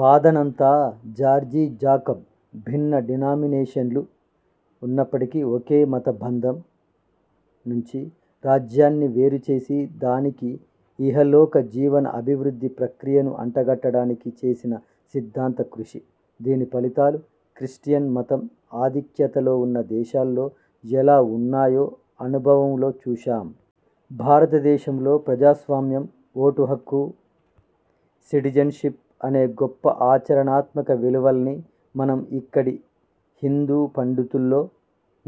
వాదనంతా George Jacob భిన్న డినామినేషన్లు ఉన్నప్పటి ఒకే మత బంధం నుంచి రాజ్యాన్ని వేరు చేసి దానికి ఇహలోక జీవన అభివృద్ధి ప్రక్రియను అంటగట్టడానికి చేసిన సిద్ధాంత కృషి. దీని ఫలితాలు క్రిస్టియన్ మతం ఆధిక్యతలో ఉన్న దేశాల్లో ఎలా ఉన్నాయో అనుభవంలో చూశాం. భారతదేశంలో ప్రజాస్వామ్యం, ఓటుహక్కు, సిటిజెన్షిప్ అనే గొప్ప ఆచరణాత్మక విలువల్ని మనం ఇక్కడి హిందూ పండితులో,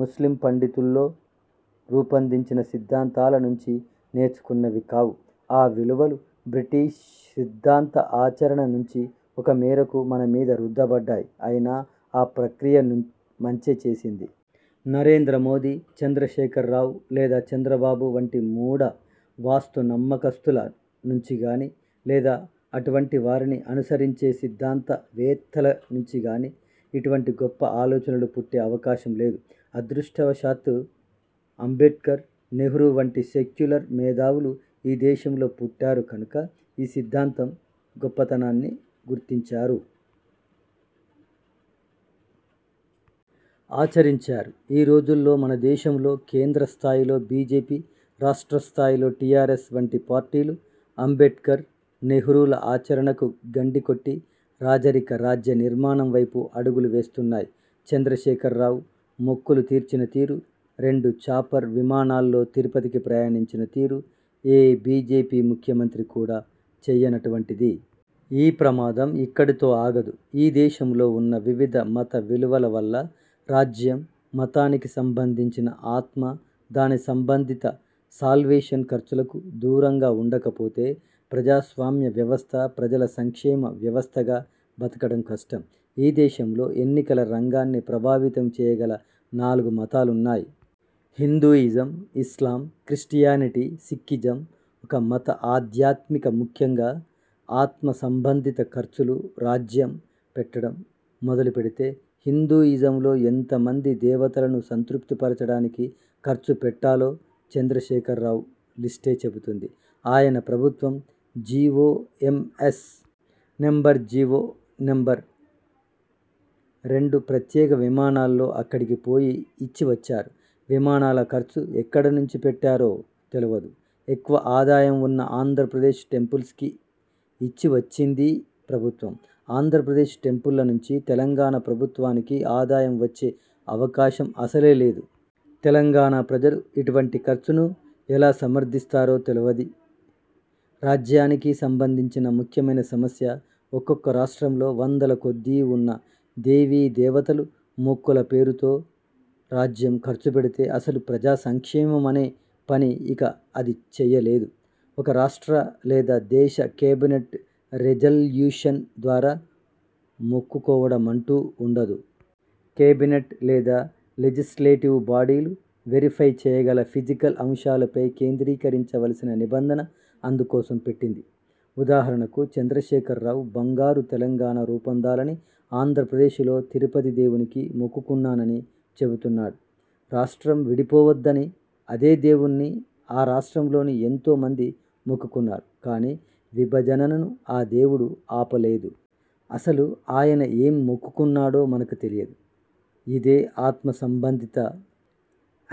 ముస్లిం పండితులో రూపొందించిన సిద్ధాంతాల నుంచి నేర్చుకున్నవి కావు. ఆ విలువలు బ్రిటిష్ సిద్ధాంత, ఆచరణ నుంచి ఒక మేరకు మన మీద రుద్దబడ్డాయి. ఐనా ఆ ప్రక్రియ నుంచే మంచే చేసింది. నరేంద్ర మోదీ, చంద్రశేఖర్ రావు లేదా చంద్రబాబు వంటి మూఢ, వాస్తు నమ్మకస్తుల నుంచి గానీ, లేదా అటువంటి వారిని అనుసరించే సిద్ధాంతవేత్తల నుంచి గానీ ఇటువంటి గొప్ప ఆలోచనలు పుట్టే అవకాశం లేదు. అదృష్టవశాత్తు అంబేడ్కర్, నెహ్రూ వంటి సెక్యులర్ మేధావులు ఈ దేశంలో పుట్టారు కనుక ఈ సిద్ధాంతం గొప్పతనాన్ని గుర్తించారు. ఆచరించారు. ఈ రోజుల్లో మన దేశంలో కేంద్ర స్థాయిలో బీజేపీ రాష్ట్ర స్థాయిలో టీఆర్ఎస్ వంటి పార్టీలు అంబేడ్కర్, నెహ్రూల ఆచరణకు గండికొట్టి రాజరిక రాజ్య నిర్మాణం వైపు అడుగులు వేస్తున్నాయి. చంద్రశేఖర్ రావు మొక్కులు తీర్చిన తీరు, రెండు చాపర్ విమానాల్లో తిరుపతికి ప్రయాణించిన తీరు, ఏ బీజేపీ ముఖ్యమంత్రి కూడా చెయ్యనటువంటిది. ఈ ప్రమాదం ఇక్కడితో ఆగదు. ఈ దేశంలో ఉన్న వివిధ మత విలువల వల్ల రాజ్యం మతానికి సంబంధించిన ఆత్మ, దాని సంబంధిత సాల్వేషన్ ఖర్చులకు దూరంగా ఉండకపోతే ప్రజాస్వామ్య వ్యవస్థ ప్రజల సంక్షేమ వ్యవస్థగా బతకడం కష్టం. ఈ దేశంలో ఎన్నికల రంగాన్ని ప్రభావితం చెయ్యగల నాలుగు మతాలున్నాయి. హిందూయిజం, ఇస్లాం, క్రిస్టియానిటీ, సిక్కిజం. ఒక మతం ఆధ్యాత్మిక ముఖ్యంగా ఆత్మ సంబంధిత ఖర్చులు రాజ్యం పెట్టడం మొదలు పెడితే హిందూ ఇజంలో ఎంత మంది దేవతలను సంతృప్తి పర్చడానికి ఖర్చు పెట్టాలో చంద్రశేఖర్ రావు లిస్టే చెబుతుంది. ఆయన ప్రభుత్వం జీవో ఎం. ఎస్. నెం. జీవో నెం. రెండు ప్రత్యేక విమానాల్లో అక్క డికి పోయి ఇచ్చి వచ్చారు. విమానాల ఖర్చు ఎక్కడి నుంచి పెట్టారో తెలువదు. ఎక్కువ ఆదాయం ఉన్న ఆంధ్రప్రదేశ్ టెంపుల్స్ కి ఇచ్చి వచ్చిందీ ప్రభుత్వం. ఆంధ్రప్రదేశ్ టెంపుళ్ల నుంచి తెలంగాణ ప్రభుత్వానికి ఆదాయం వచ్చే అవకాశం అసలే లేదు. తెలంగాణ ప్రజలు ఇటువంటి ఖర్చును ఎలా సమర్థిస్తారో తెలువది. రాజ్యానికి సంబంధించిన ముఖ్యమైన సమస్య ఒక్కొక్క రాష్ట్రంలో వందల కొద్దీ ఉన్న దేవీదేవతలు మొక్కుల పేరుతో రాజ్యం ఖర్చుపెడితే అసలు ప్రజా సంక్షేమమనే పని ఇక అది చెయ్యలేదు. ఒక రాష్ట్ర లేదా దేశ కేబినెట్ రెజల్యూషన్ ద్వారా మొక్కుకోవడమంటూ ఉండదు. కేబినెట్ లేదా లెజిస్లేటివ్ బాడీలు వెరిఫై చెయ్యగల ఫిజికల్ అంశాలపై కేంద్రీకరించవలసిన నిబంధన అందుకోసం పెట్టింది. ఉదాహరణకు చంద్రశేఖర్ రావు బంగారు తెలంగాణ రూపొందాలని ఆంధ్రప్రదేశ్లో తిరుపతి దేవునికి మొక్కుకున్నానని చెబుతున్నాడు. రాష్ట్రం విడిపోవద్దని అదే దేవుణ్ణి ఆ రాష్ట్రంలోని ఎంతోమంది మొక్కుకున్నారు. కానీ విభజనను ఆ దేవుడు ఆపలేదు. అసలు ఆయన ఏం మొక్కుకున్నాడో మనకు తెలియదు. ఇదే ఆత్మ సంబంధిత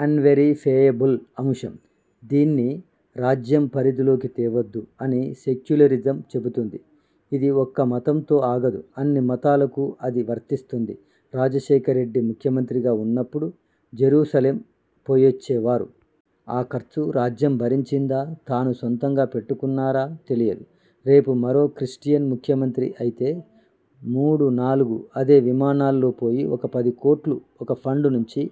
అన్వెరి ఫెయబుల్ అంశం. దీన్ని రాజ్యం పరిధిలోకి తేవద్దు అని సెక్యులరిజం చెబుతుంది. ఇది ఒక్క మతంతో ఆగదు. అన్ని మతాలకు అది వర్తిస్తుంది. రాజశేఖర్ రెడ్డి ముఖ్యమంత్రిగా ఉన్నప్పుడు జెరూసలేం పొయ్యొచ్చేవారు. ఆ ఖర్చు రాజ్యం భరించిందా తాను సొంతంగా పెట్టుకున్నారా తెలియదు. రేపు మరో క్రిస్టియన్ ముఖ్యమంత్రి అయితే మూడు నాలుగు అదే విమానాల్లో పోయి ఒక పదికోట్లు ఒక ఫండ్ నుంచి